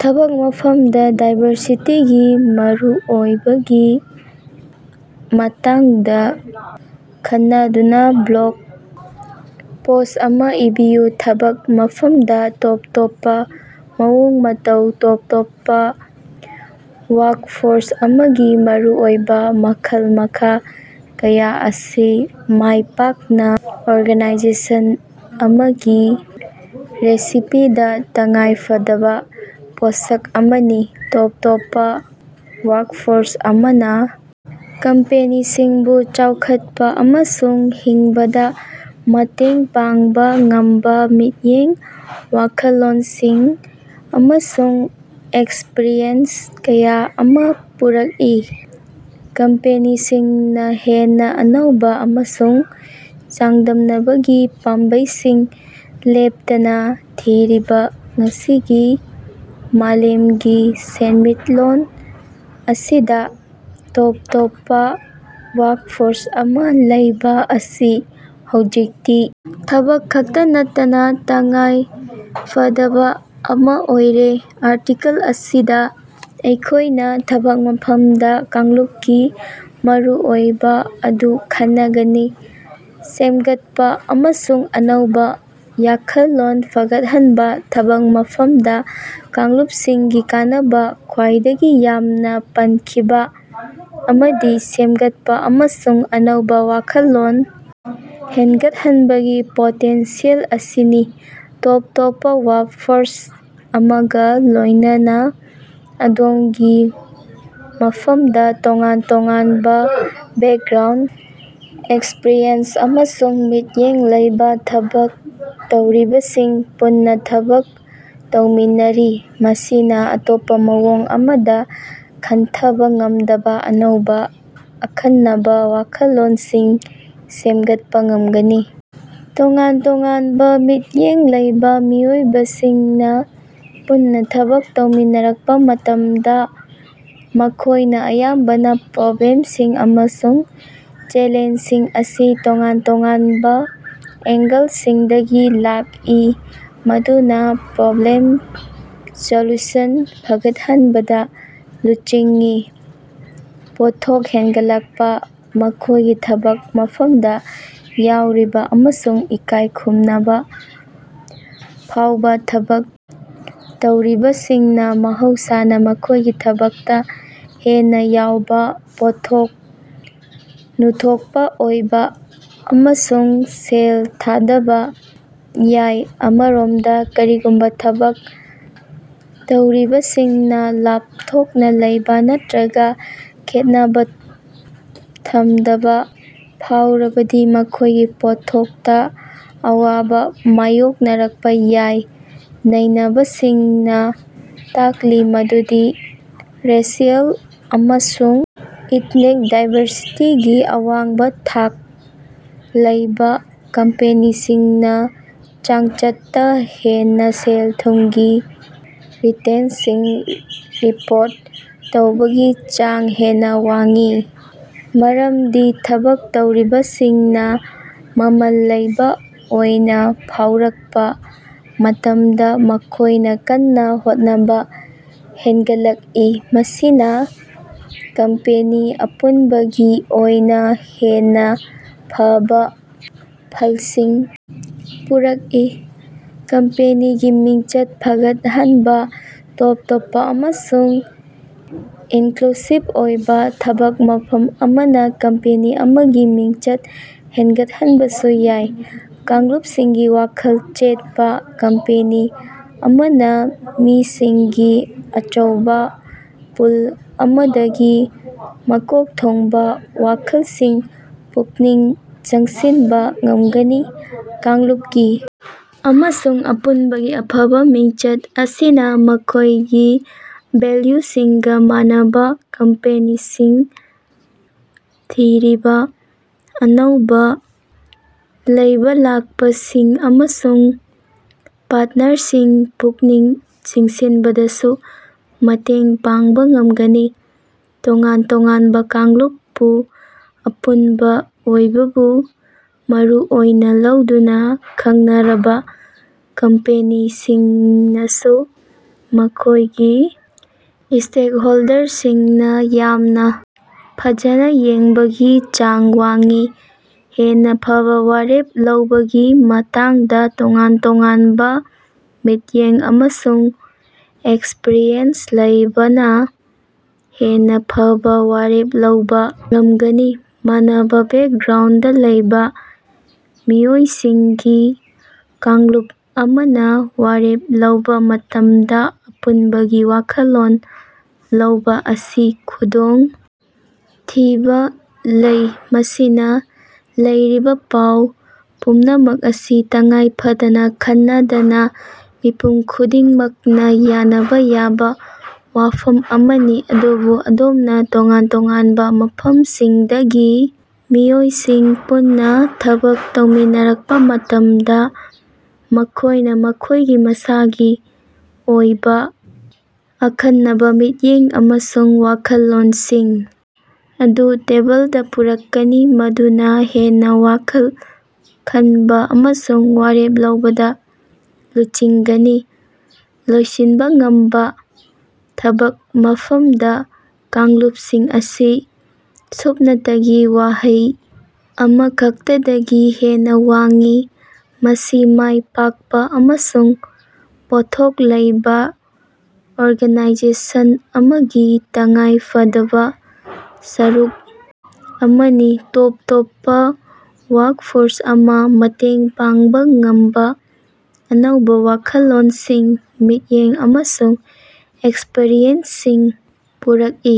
ꯊꯕꯛ ꯃꯐꯝꯗ ꯗꯥꯏꯕꯔꯁꯤꯇꯤꯒꯤ ꯃꯔꯨꯑꯣꯏꯕꯒꯤ ꯃꯇꯥꯡꯗꯥ ꯈꯟꯅꯗꯨꯅꯥ ꯕ꯭ꯂꯣꯒ ꯄꯣꯁ꯭ꯠ ꯑꯃꯥ ꯏꯕꯤꯌꯨ꯫ ꯊꯕꯛ ꯃꯐꯝꯗ ꯇꯣꯞ ꯇꯣꯞꯄ ꯃꯑꯣꯡ-ꯃꯇꯧ ꯇꯣꯞ-ꯇꯣꯞꯄ ꯋꯥꯔꯀꯐꯣꯔꯁ ꯑꯃꯒꯤ ꯃꯔꯨꯑꯣꯏꯕꯥ ꯃꯈꯜ-ꯃꯈꯥ ꯀꯌꯥ ꯑꯁꯤ ꯃꯥꯢꯄꯥꯛꯅ ꯑꯣꯔꯒꯥꯅꯥꯏꯖꯦꯁꯟ ꯑꯃꯒꯤ ꯔꯦꯁꯤꯄꯤꯗꯥ ꯇꯉꯥꯏꯐꯗꯕꯥ ꯄꯣꯠꯁꯛ ꯑꯃꯅꯤ꯫ ꯇꯣꯞ ꯇꯣꯞꯄꯥ ꯋꯥꯔꯀꯐꯣꯔꯁ ꯑꯃꯅꯥ ꯀꯝꯄꯦꯅꯤꯁꯤꯡꯕꯨ ꯆꯥꯎꯈꯠꯄꯥ ꯑꯃꯁꯨꯡ ꯍꯤꯡꯕꯗ ꯃꯇꯦꯡ ꯄꯥꯡꯕ ꯉꯝꯕꯥ ꯃꯤꯠꯌꯦꯡ ꯋꯥꯈꯜꯂꯣꯟꯁꯤꯡ ꯑꯃꯁꯨꯡ ꯑꯦꯛꯁꯄꯔꯤꯌꯦꯟꯁ ꯀꯌꯥ ꯑꯃ ꯄꯨꯔꯛꯏ꯫ ꯀꯝꯄꯦꯅꯤꯁꯤꯡꯅ ꯍꯦꯟꯅ ꯑꯅꯧꯕ ꯑꯃꯁꯨꯡ ꯆꯥꯡꯗꯝꯅꯕꯒꯤ ꯄꯥꯝꯕꯩꯁꯤꯡ ꯂꯦꯞꯇꯅ ꯊꯤꯔꯤꯕ ꯉꯁꯤꯒꯤ ꯃꯥꯂꯦꯝꯒꯤ ꯁꯦꯟꯃꯤꯠꯂꯣꯟ ꯑꯁꯤꯗ ꯇꯣꯞ ꯇꯣꯞꯄ ꯋꯥꯔ꯭ꯀꯐꯣꯔ꯭ꯁ ꯑꯃ ꯂꯩꯕꯥ ꯑꯁꯤ ꯍꯧꯖꯤꯛꯇꯤ ꯊꯝꯕ ꯈꯛꯇ ꯅꯠꯇꯅ ꯇꯉꯥꯏ ꯐꯗꯕ ꯑꯃ ꯑꯣꯏꯔꯦ꯫ ꯑꯥꯔꯇꯤꯀꯜ ꯑꯁꯤꯗ ꯑꯩꯈꯣꯢꯅ ꯊꯕꯛ ꯃꯐꯝꯗ ꯀꯥꯡꯂꯨꯞꯀꯤ ꯃꯔꯨꯑꯣꯏꯕ ꯑꯗꯨ ꯈꯟꯅꯒꯅꯤ꯫ ꯁꯦꯝꯒꯠꯄ ꯑꯃꯁꯨꯡ ꯑꯅꯧꯕ ꯌꯥꯈꯜꯂꯣꯟ ꯐꯒꯠꯍꯟꯕ ꯊꯕꯛ ꯃꯐꯝꯗ ꯀꯥꯡꯂꯨꯞꯁꯤꯡꯒꯤ ꯀꯥꯟꯅꯕ ꯈ꯭ꯋꯥꯏꯗꯒꯤ ꯌꯥꯝꯅ ꯄꯟꯈꯤꯕ ꯑꯃꯗꯤ ꯁꯦꯝꯒꯠꯄ ꯑꯃꯁꯨꯡ ꯑꯅꯧꯕ ꯋꯥꯈꯜꯂꯣꯟ ꯍꯦꯟꯒꯠꯍꯟꯕꯒꯤ ꯄꯣꯇꯦꯟꯁꯤꯌꯦꯜ ꯑꯁꯤꯅꯤ꯫ ꯇꯣꯞ ꯇꯣꯞꯄ ꯋꯥꯔ꯭ꯀꯐꯣꯔ꯭ꯁ ꯑꯃꯒ ꯂꯣꯢꯅꯅ ꯑꯗꯣꯝꯒꯤ ꯃꯐꯝꯗ ꯇꯣꯉꯥꯟ ꯇꯣꯉꯥꯟꯕ ꯕꯦꯀꯒ꯭ꯔꯥꯎꯟꯗ ꯑꯦꯛꯁꯄꯔꯤꯌꯦꯟꯁ ꯑꯃꯁꯨꯡ ꯃꯤꯠꯌꯦꯡ ꯂꯩꯕꯥ ꯊꯕꯛ ꯇꯧꯔꯤꯕꯁꯤꯡ ꯄꯨꯟꯅ ꯊꯕꯛ ꯇꯧꯃꯤꯟꯅꯔꯤ꯫ ꯃꯁꯤꯅꯥ ꯑꯇꯣꯞꯄ ꯃꯑꯣꯡ ꯑꯃꯗ ꯈꯟꯊꯕ ꯉꯝꯗꯕ ꯑꯅꯧꯕ ꯑꯈꯟꯅꯕ ꯋꯥꯈꯜꯂꯣꯟꯁꯤꯡ ꯁꯦꯝꯒꯠꯄ ꯉꯝꯒꯅꯤ꯫ ꯇꯣꯉꯥꯟ-ꯇꯣꯉꯥꯟꯕ ꯃꯤꯠꯌꯦꯡ ꯂꯩꯕ ꯃꯤꯑꯣꯏꯁꯤꯡꯅ ꯄꯨꯟꯅ ꯊꯕꯛ ꯇꯧꯃꯤꯟꯅꯔꯛꯄ ꯃꯇꯝꯗ ꯃꯈꯣꯢꯅ ꯑꯌꯥꯝꯕꯅ ꯄ꯭ꯔꯣꯕ꯭ꯂꯦꯝꯁꯤꯡ ꯑꯃꯁꯨꯡ ꯆꯦꯂꯦꯟꯖꯁꯤꯡ ꯑꯁꯤ ꯇꯣꯉꯥꯟ-ꯇꯣꯉꯥꯟꯕ ꯑꯦꯡꯒꯜꯁꯤꯡꯗꯒꯤ ꯂꯥꯛꯏ ꯃꯗꯨꯅ ꯄ꯭ꯔꯣꯕ꯭ꯂꯦꯝ ꯁꯣꯜꯌꯨꯁꯟ ꯐꯒꯠꯍꯟꯕꯗ ꯂꯨꯆꯤꯡꯏ꯫ ꯄꯣꯠꯊꯣꯛ ꯍꯦꯟꯒꯠꯂꯛꯄ ꯃꯈꯣꯢꯒꯤ ꯊꯕꯛ ꯃꯐꯝꯗ ꯌꯥꯎꯔꯤꯕ ꯑꯃꯁꯨꯡ ꯏꯀꯥꯏ ꯈꯨꯝꯅꯕ ꯐꯥꯎꯕ ꯊꯕꯛ ꯇꯧꯔꯤꯕꯁꯤꯡꯅ ꯃꯍꯧꯁꯥꯅ ꯃꯈꯣꯢꯒꯤ ꯊꯕꯛꯇ ꯍꯦꯟꯅ ꯌꯥꯎꯕ ꯄꯣꯠꯊꯣꯛ ꯅꯨꯊꯣꯛꯄ ꯑꯣꯏꯕ ꯑꯃꯁꯨꯡ ꯁꯦꯜ ꯊꯥꯗꯕ ꯌꯥꯏ꯫ ꯑꯃꯔꯣꯝꯗ ꯀꯔꯤꯒꯨꯝꯕ ꯊꯕꯛ ꯇꯧꯔꯤꯕꯁꯤꯡꯅ ꯂꯥꯞꯊꯣꯛꯅ ꯂꯩꯕ ꯅꯠꯇ꯭ꯔꯒ ꯈꯦꯠꯅꯕ ꯊꯝꯗꯕ ꯐꯥꯎꯔꯕꯗꯤ ꯃꯈꯣꯢꯒꯤ ꯄꯣꯠꯊꯣꯛꯇ ꯑꯋꯥꯕꯥ ꯃꯥꯌꯣꯛꯅꯔꯛꯄ ꯌꯥꯏ꯫ ꯅꯩꯅꯕꯁꯤꯡꯅ ꯇꯥꯛꯂꯤ ꯃꯗꯨꯗꯤ ꯔꯦꯁꯤꯑꯦꯜ ꯑꯃꯁꯨꯡ ꯏꯊꯅꯤꯛ ꯗꯥꯏꯕꯔꯁꯤꯇꯤꯒꯤ ꯑꯋꯥꯡꯕꯥ ꯊꯥꯛ ꯂꯩꯕꯥ ꯀꯝꯄꯦꯅꯤꯁꯤꯡꯅꯥ ꯆꯥꯡꯆꯠꯇꯥ ꯍꯦꯟꯅꯥ ꯁꯦꯜ-ꯊꯨꯝꯒꯤ ꯔꯤꯇꯦꯟꯇꯁꯤꯡ ꯔꯤꯄꯣꯔꯠ ꯇꯧꯕꯒꯤ ꯆꯥꯡ ꯍꯦꯟꯅ ꯋꯥꯡꯏ꯫ ꯃꯔꯝꯗꯤ ꯊꯕꯛꯇꯧꯔꯤꯕꯁꯤꯡꯅ ꯃꯃꯜ ꯂꯩꯕ ꯑꯣꯏꯅ ꯐꯥꯎꯔꯛꯄ ꯃꯇꯝꯗ ꯃꯈꯣꯢꯅ ꯀꯟꯅ ꯍꯣꯠꯅꯕ ꯍꯦꯟꯒꯠꯂꯜꯏ ꯃꯁꯤꯅ ꯀꯝꯄꯦꯅꯤ ꯑꯄꯨꯟꯕꯒꯤ ꯑꯣꯏꯅ ꯍꯦꯟꯅ ꯐꯕ ꯐꯜꯁꯤꯡ ꯄꯨꯔꯛꯏ꯫ ꯀꯝꯄꯦꯅꯤꯒꯤ ꯃꯤꯡꯆꯠ ꯐꯒꯠꯍꯟꯕꯥ ꯇꯣꯞ ꯇꯣꯞꯄ ꯑꯃꯁꯨꯡ ꯏꯅꯀ꯭ꯂꯨꯁꯤꯕ ꯑꯣꯏꯕ ꯊꯕꯛ ꯃꯐꯝ ꯑꯃꯅ ꯀꯝꯄꯦꯅꯤ ꯑꯃꯒꯤ ꯃꯤꯡꯆꯠ ꯍꯦꯅꯒꯠꯍꯟꯕꯁꯨ ꯌꯥꯏ꯫ ꯀꯥꯡꯂꯨꯞꯁꯤꯡꯒꯤ ꯋꯥꯈꯜ ꯆꯦꯠꯄ ꯀꯝꯄꯦꯅꯤ ꯑꯃꯅ ꯃꯤꯁꯤꯡꯒꯤ ꯑꯆꯧꯕꯥ ꯄꯨꯜ ꯑꯃꯗꯒꯤ ꯃꯀꯣꯛ ꯊꯣꯡꯕ ꯋꯥꯈꯜꯁꯤꯡ ꯄꯨꯛꯅꯤꯡ ꯆꯤꯡꯁꯤꯟꯕ ꯉꯝꯒꯅꯤ꯫ ꯀꯥꯡꯂꯨꯞꯀꯤ ꯑꯃꯁꯨꯡ ꯑꯄꯨꯟꯕꯒꯤ ꯑꯐꯕ ꯃꯤꯡꯆꯠ ꯑꯁꯤꯅ ꯃꯈꯣꯢꯒꯤ ꯚꯦꯜꯌꯨꯁꯤꯡꯒ ꯃꯥꯟꯅꯕ ꯀꯝꯄꯦꯅꯤꯁꯤꯡ ꯊꯤꯔꯤꯕꯥ ꯑꯅꯧꯕꯥ ꯂꯩꯕꯂꯥꯛꯄꯁꯤꯡ ꯑꯃꯁꯨꯡ ꯄꯥꯔꯇꯅꯔꯁꯤꯡ ꯄꯨꯛꯅꯤꯡ ꯆꯤꯡꯁꯤꯟꯕꯗꯁꯨ ꯃꯇꯦꯡ ꯄꯥꯡꯕ ꯉꯝꯒꯅꯤ꯫ ꯇꯣꯉꯥꯟ ꯇꯣꯉꯥꯟꯕ ꯀꯥꯡꯂꯨꯞ ꯄꯨ ꯑꯄꯨꯟꯕ ꯑꯣꯏꯕꯕꯨ ꯃꯔꯨ ꯑꯣꯏꯅꯥ ꯂꯧꯗꯨꯅꯥ ꯈꯪꯅꯔꯕ ꯀꯝꯄꯦꯅꯤꯁꯤꯡꯅꯁꯨ ꯃꯈꯣꯢꯒꯤ ꯁ꯭ꯇꯦꯛꯍꯣꯜꯗꯔꯁꯤꯡꯅ ꯌꯥꯝꯅ ꯐꯖꯅ ꯌꯦꯡꯕꯒꯤ ꯆꯥꯡ ꯋꯥꯡꯏ꯫ ꯍꯦꯟꯅ ꯐꯕ ꯋꯥꯔꯦꯞ ꯂꯧꯕꯒꯤ ꯃꯇꯥꯡꯗ ꯇꯣꯉꯥꯟ-ꯇꯣꯉꯥꯟꯕ ꯃꯤꯠꯌꯦꯡ ꯑꯃꯁꯨꯡ ꯑꯦꯛꯁꯄꯔꯤꯌꯦꯟꯁ ꯂꯩꯕꯅ ꯍꯦꯟꯅ ꯐꯕ ꯋꯥꯔꯦꯞ ꯂꯧꯕꯥ ꯉꯝꯒꯅꯤ꯫ ꯃꯥꯟꯅꯕ ꯕꯦꯀꯒ꯭ꯔꯥꯎꯟꯗ ꯂꯩꯕ ꯃꯤꯑꯣꯏꯁꯤꯡꯒꯤ ꯀꯥꯡꯂꯨꯞ ꯑꯃꯅ ꯋꯥꯔꯦꯞ ꯂꯧꯕꯥ ꯃꯇꯝꯗ ꯑꯄꯨꯟꯕꯒꯤ ꯋꯥꯈꯜꯂꯣꯟ ꯂꯧꯕ ꯑꯁꯤ ꯈꯨꯗꯣꯡ ꯊꯤꯕ ꯂꯩ ꯃꯁꯤꯅ ꯂꯩꯔꯤꯕ ꯄꯥꯎ ꯄꯨꯝꯅꯃꯛ ꯑꯁꯤ ꯇꯉꯥꯏꯐꯗꯅ ꯈꯟꯅꯗꯅ ꯃꯤꯄꯨꯝ ꯈꯨꯗꯤꯡꯃꯛꯅ ꯌꯥꯅꯕ ꯌꯥꯕ ꯐꯤꯚꯝ ꯑꯃꯅꯤ꯫ ꯑꯗꯨꯕꯨ ꯑꯗꯣꯝꯅ ꯇꯣꯉꯥꯟ ꯇꯣꯉꯥꯟꯕ ꯃꯐꯝꯁꯤꯡꯗꯒꯤ ꯃꯤꯑꯣꯏꯁꯤꯡ ꯄꯨꯟꯅꯥ ꯊꯕꯛ ꯇꯧꯃꯤꯟꯅꯔꯛꯄ ꯃꯇꯝꯗ ꯃꯈꯣꯢꯅ ꯃꯈꯣꯢꯒꯤ ꯃꯁꯥꯒꯤ ꯑꯣꯏꯕ ꯑꯈꯟꯅꯕ ꯃꯤꯠꯌꯦꯡ ꯑꯃꯁꯨꯡ ꯋꯥꯈꯜꯂꯣꯟꯁꯤꯡ ꯑꯗꯨ ꯇꯦꯕꯜꯗ ꯄꯨꯔꯛꯀꯅꯤ ꯃꯗꯨꯅ ꯍꯦꯟꯅ ꯋꯥꯈꯜ ꯈꯟꯕ ꯑꯃꯁꯨꯡ ꯋꯥꯔꯦꯞ ꯂꯧꯕꯗ ꯂꯨꯆꯤꯡꯒꯅꯤ꯫ ꯂꯣꯏꯁꯤꯟꯕ ꯉꯝꯕ ꯊꯕꯛ ꯃꯐꯝꯗ ꯀꯥꯡꯂꯨꯞꯁꯤꯡ ꯑꯁꯤ ꯁꯨꯞꯅꯇꯒꯤ ꯋꯥꯍꯩ ꯑꯃꯈꯛꯇꯗꯒꯤ ꯍꯦꯟꯅ ꯋꯥꯡꯏ꯫ ꯃꯁꯤ ꯃꯥꯢ ꯄꯥꯛꯄ ꯑꯃꯁꯨꯡ ꯄꯣꯠꯊꯣꯛ ꯂꯩꯕꯥ ꯑꯣꯔꯒꯅꯥꯏꯖꯦꯁꯟ ꯑꯃꯒꯤ ꯇꯉꯥꯏ ꯐꯗꯕ ꯁꯔꯨꯛ ꯑꯃꯅꯤ꯫ ꯇꯣꯞ ꯇꯣꯞꯄ ꯋꯥꯔ꯭ꯀꯐꯣꯔ꯭ꯁ ꯑꯃꯅ ꯃꯇꯦꯡ ꯄꯥꯡꯕ ꯉꯝꯕ ꯑꯅꯧꯕ ꯋꯥꯈꯜꯂꯣꯟꯁꯤꯡ ꯃꯤꯠꯌꯦꯡ ꯑꯃꯁꯨꯡ ꯑꯦꯛꯁꯄꯔꯤꯌꯦꯟꯁꯁꯤꯡ ꯄꯨꯔꯛꯏ꯫